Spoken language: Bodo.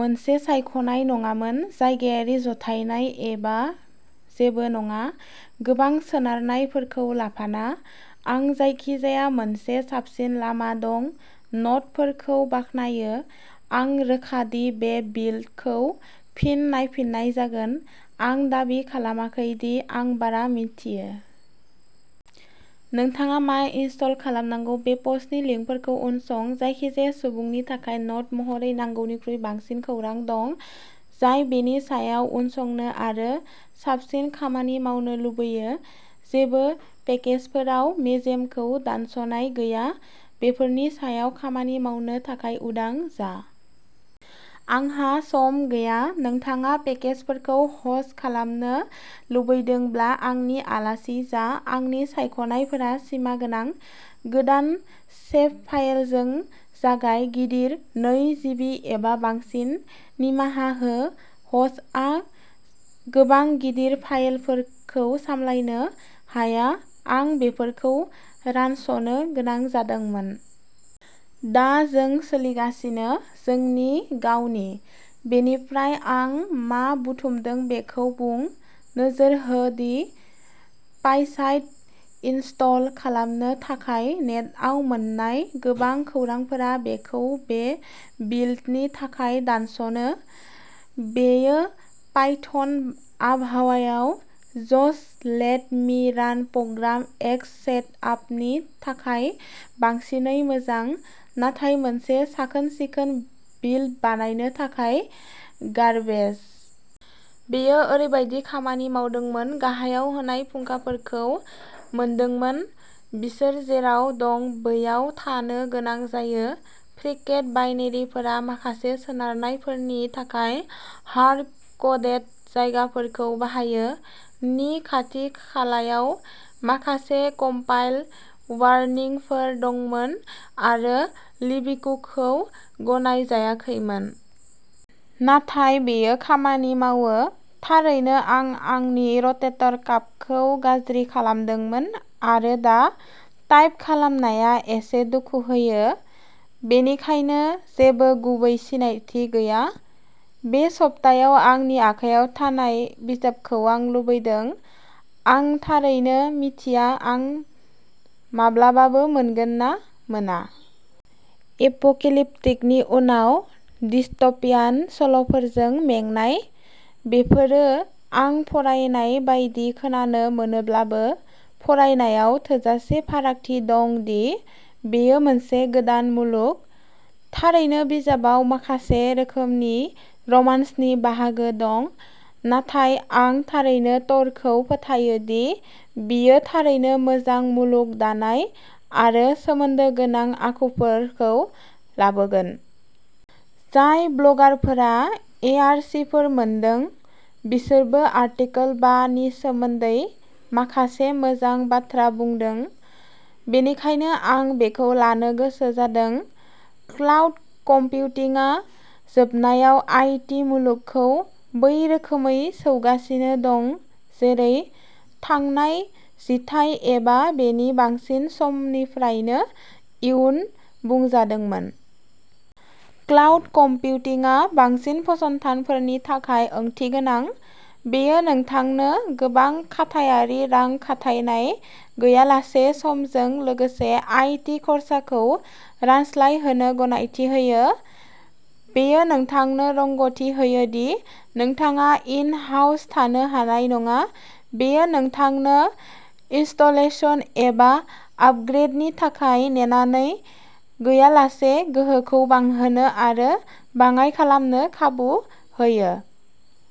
मोनसे सायख'नाय नङामोन। जायगायारि जथायनाय एबा जेबो नङा। गोबां सोनारनायफोरखौ लाफाना। आं जायखिजाया मोनसे साबसिन लामा दं न'टफोरखौ बाख्नायो। आं रोखा दि बे बिल्डखौ फिन नायफिननाय जागोन। आं दाबि खालामाखै दि आं बारा मिथियो। नोंथाङा मा इनस्टल खालामनांगौ बे पस्टनि लिंकफोरखौ उनसं। जायखिजाया सुबुंनि थाखाय न'ट महरै नांगौनिख्रुइ बांसिन खौरां दं, जाय बेनि सायाव उनसंनो आरो साबसिन खामानि मावनो लुबैयो। जेबो पेकेजफोराव मेजेमखौ दानस'नाय गैया। बेफोरनि सायाव खामानि मावनो थाखाय उदां जा। आंहा सम गैया। नोंथाङा पेकेजफोरखौ ह'स्ट खालामनो लुबैदोंब्ला आंनि आलासि जा आंनि सायख'नायफोरा सिमागोनां। गोदान सेभफाइलजों जागाय गिदिर नै जिबि एबा बांसिन। निमाहा हो ह'स्टआ गोबां गिदिर फाइलफोरखौ सामलायनो हाया। आं बेफोरखौ रानस'नो गोनां जादोंमोन। दा जों सोलिगासिनो। जोंनि गावनि। बेनिफ्राय आं मा बुथुमदों बेखौ बुं। नोजोर हो दि पाइसाइड इनस्टल खालामनो थाखाय नेटआव मोन्नाय गोबां खौरांफोरा बेखौ बे बिल्डनि थाखाय दानस'नो। बेयो पाइथन आबहावायाव जस्ट लेट मि रान पग्राम एक्स सेटआपनि थाखाय बांसिनै मोजां, नाथाय मोनसे साखोन-सिखोन बिल्ड बानायनो थाखाय गार्बेस। बेयो ओरैबायदि खामानि मावदोंमोन गाहायाव होनाय फुंखाफोरखौ मोनदोंमोन बिसोर जेराव दं बैयाव थानो गोनां जायो। फ्रिकेड बाइनेरिफोरा माखासे सोनारनायफोरनि थाखाय हार्ड क'डेड जायगाफोरखौ बाहायो। नि खाथि-खालायाव माखासे कम्पाइल वार्निंफोर दंमोन आरो लिबिकुखौ गनायजायाखैमोन। नाथाय बेयो खामानि मावो। थारैनो आं आंनि र'टेटर काफखौ गाज्रि खालामदोंमोन आरो दा टाइप खालामनाया एसे दुखु होयो, बेनिखायनो जेबो गुबै सिनायथि गैया। बे सप्तायाव आंनि आखायाव थानाय बिजाबखौ आं लुबैदों। आं थारैनो मिथिया आं माब्लाबाबो मोनगोन ना मोना। एप'केलिप्टिकनि उनाव डिस्ट'पियान सल'फोरजों मेंनाय। बेफोरो आं फरायनाय बायदि खोनानो मोनोब्लाबो, फरायनायाव थोजासे फारागथि दं दि बेयो मोनसे गोदान मुलुग। थारैनो बिजाबाव माखासे रोखोमनि रमान्सनि बाहागो दं, नाथाय आं थारैनो टरखौ फोथायो दि बियो थारैनो मोजां मुलुग दानाय आरो सोमोन्दो गोनां आखुफोरखौ लाबोगोन। जाय ब्लगारफोरा एआरसीफोर मोनदों, बिसोरबो आर्टिकेल बा नि सोमोन्दै माखासे मोजां बाथ्रा बुंदों, बेनिखायनो आं बेखौ लानो गोसो जादों। क्लाउड कम्पिउटिंआ जोबनायाव आई टी मुलुगखौ बै रोखोमै सौगासिनो दं जेरै थांनाय जिथाइ एबा बेनि बांसिन समनिफ्रायनो इयुन बुंजादोंमोन। क्लाउड कम्पिउटिंआ बांसिन फसंथानफोरनि थाखाय ओंथिगोनां। बेयो नोंथांनो गोबां खाथायारि रां खाथायनाय गैयालासे समजों लोगोसे आई टी खरसाखौ रानस्लायहोनो गनायथि होयो। बेयो नोंथांनो रोंग'थि होयो दि नोंथाङा इन-हाउस थानो हानाय नङा। बेयो नोंथांनो इनस्टलेशन एबा आपग्रेडनि थाखाय नेनानै गैयालासे गोहोखौ बांहोनो आरो बाङाय खालामनो खाबु होयो।